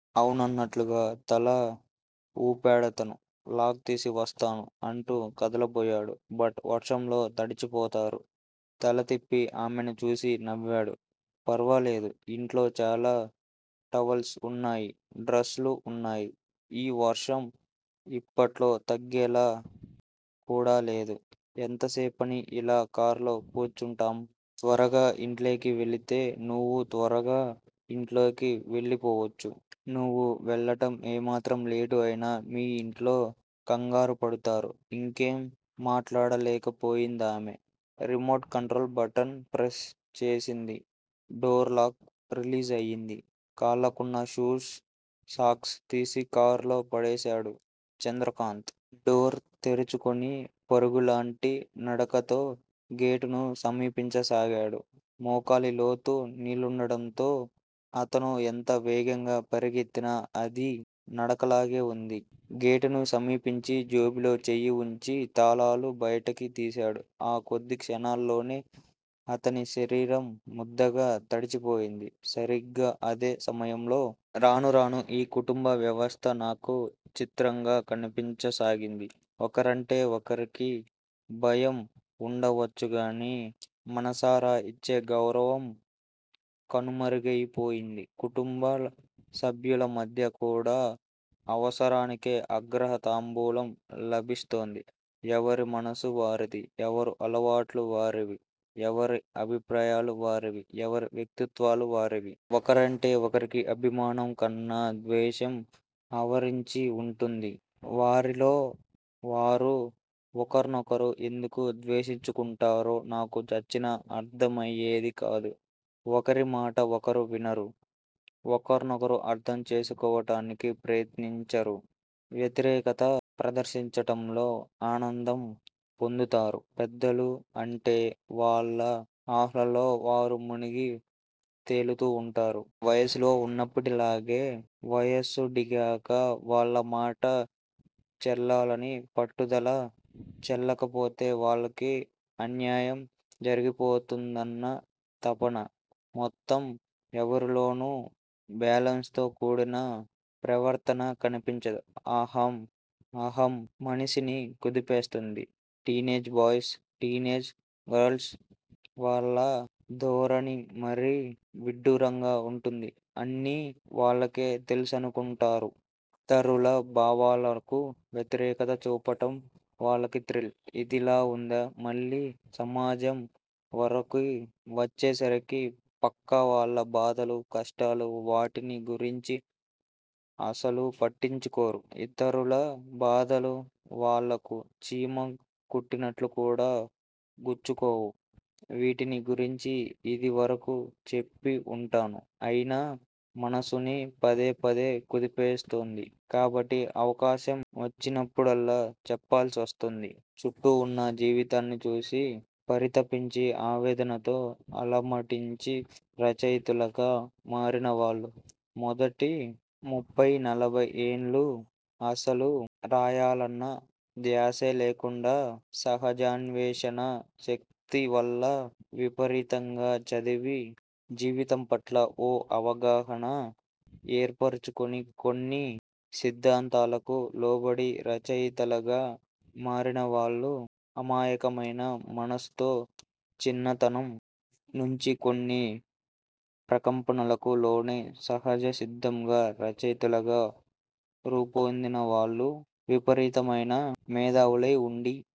అవునన్నట్లుగా తల వూపాడతను. లాక్ తీసి వస్తాను అంటూ కదలబోయాడు. బట్ వర్షంలో తడిసిపోతారు. తల తిప్పి ఆమెను చూసి నవ్వాడు. ఫర్వాలేదు! ఇంట్లో చాలా టవల్స్ వున్నాయి. డ్రస్ లు వున్నాయి. ఈ వర్షం యిప్పట్లో తగ్గేలా కూడా లేదు. ఎంతసేపని యిలా కారులో కూర్చుంటాం? త్వరగా ఇంట్లోకి వెళితే నువ్వూ త్వరగా ఇంట్లోl కి వెళ్ళిపోవచ్చు. నువ్వు వెళ్ళటం ఏమాత్రం లేటు అయినా మీ ఇంట్లో కంగారుపడతారు. ఇంకేం మాట్లాడలేకపోయిందామె. రిమోట్ కంట్రోల్ బటన్ ప్రెస్ చేసింది. డోర్ లాక్ రిలీజ్ అయింది. కాళ్ళకున్న షూస్, సాక్స్ తీసి కారులో పడేశాడు చంద్రకాంత్. డోరు తెరుచుకుని పరుగులాంటి నడకతో గేటును సమీపించసాగాడు. మోకాలి లోతు నీళ్ళుండటంతో, అతను ఎంత వేగంగా పరిగెత్తినా అది నడకలాగే వుంది. గేటును సమీపించి జేబులో చేయి వుంచి తాళాలు బయటికి తీశాడు. ఆ కొద్ది క్షణాల్లోనే అతని శరీరం ముద్దగా తడిసిపోయింది. సరిగ్గా అదే సమయంలో। రాను రానూ ఈ కుటుంబ వ్యవస్థ నాకు చిత్రంగా కనిపించసాగింది. ఒకరంటే ఒకరికి భయం ఉండవచ్చుగానీ మనసారా ఇచ్చే గౌరవం కనుమరుగయిపోయింది. కుటుంబ సభ్యుల మధ్య కూడా అవసరానికే అగ్రతాంబూలం లభిస్తోంది. ఎవరి మనసు వారిది. ఎవరి అలవాట్లు వారివి. ఎవరి అభిప్రాయాలు వారివి. ఎవరి వ్యక్తిత్వాలు వారివి. ఒకరంటే ఒకరికి అభిమానం కన్న ద్వేషం ఆవరించి ఉంటుంది. వారిలో వారు ఒకర్నొకరు ఎందుకు ద్వేషించుకుంటారో నాకు చచ్చినా అర్థమయేది కాదు. ఒకరిమాట ఒకరు వినరు. ఒకర్నొకరు అర్థం చేసుకోటానికి ప్రయత్నించరు. వ్యతిరేకత ప్రదర్శించటంలో ఆనందం పొందుతారు. పెద్దలూ అంటె. వాళ్ళ అహ్లలో వారు మునిగి తేలుతూ ఉంటారు. వయసులో ఉన్నప్పటిలాగే వయసుడిగాక వాళ్ళమాట చెల్లాలని పట్టుదల, చెల్లకపోతే వాళ్ళకి అన్యాయం జరిగిపోతూందన్న తపన. మొత్తం ఎవరిలోనూ బ్యాలెన్స్ తో కూడిన ప్రవర్తన కనిపించదు. అహం. అహం మనిషిని కుదిపేస్తోంది. టీనేజ్ బాయస్, టీనేజ్ గరల్స్ వాళ్ళ ధోరణి మరీ విడ్డూరంగా ఉంటుంది. అన్నీ వాళ్ళకే తెలుసుననుకుంటారు. ఇతరుల భావాలకు వ్యతిరేకత చూపటం వాళ్ళకు థ్రిల్. ఇదిలా ఉందా? మళ్ళీ సమాజం వరకూ వచ్చేసరికి పక్కవాళ్ళ బాధలు, కష్టాలు వాటిని గురించి అసలు పట్టించుకోరు. ఇతరుల బాధలు వాళ్లకు చీమ కుట్టినట్లు కూడా గుచ్చుకోవు. వీటిని గురించి ఇది వరకు చెప్పి ఉంటాం. అయినా మనసుని పదే పదే కుదిపేస్తోంది కాబట్టి అవకాశం మొచ్చినప్పుడల్లా చెప్పాల్సివస్తోంది. చుట్టూ ఉన్న జీవితాన్ని చూసి పరితపించి ఆవేదనతో అలమటించి రచయితలుగా మారినవాళ్ళు, మొదటి ముప్ఫయి నలభయి ఏళ్లూ అసలు రాయాలన్న థ్యాసే లేకుండా, సహజాన్వేషణ శక్తివల్ల విపరీతంగా చదివి, జీవితంపట్ల ఓ అవగాహన ఏర్పరచుకుని, కొన్ని సిద్ధాంతాలకు లోబడి రచయితలుగా మారినవాళ్ళు, అమాయకమైన మనస్సుతో చిన్నతనం నుంచే కొన్ని ప్రకంపనలకు లోనై సహజసిద్ధంగా రచయితలుగా రూపొందినవాళ్ళు, విపరీతమైన మేదావులై ఉండి,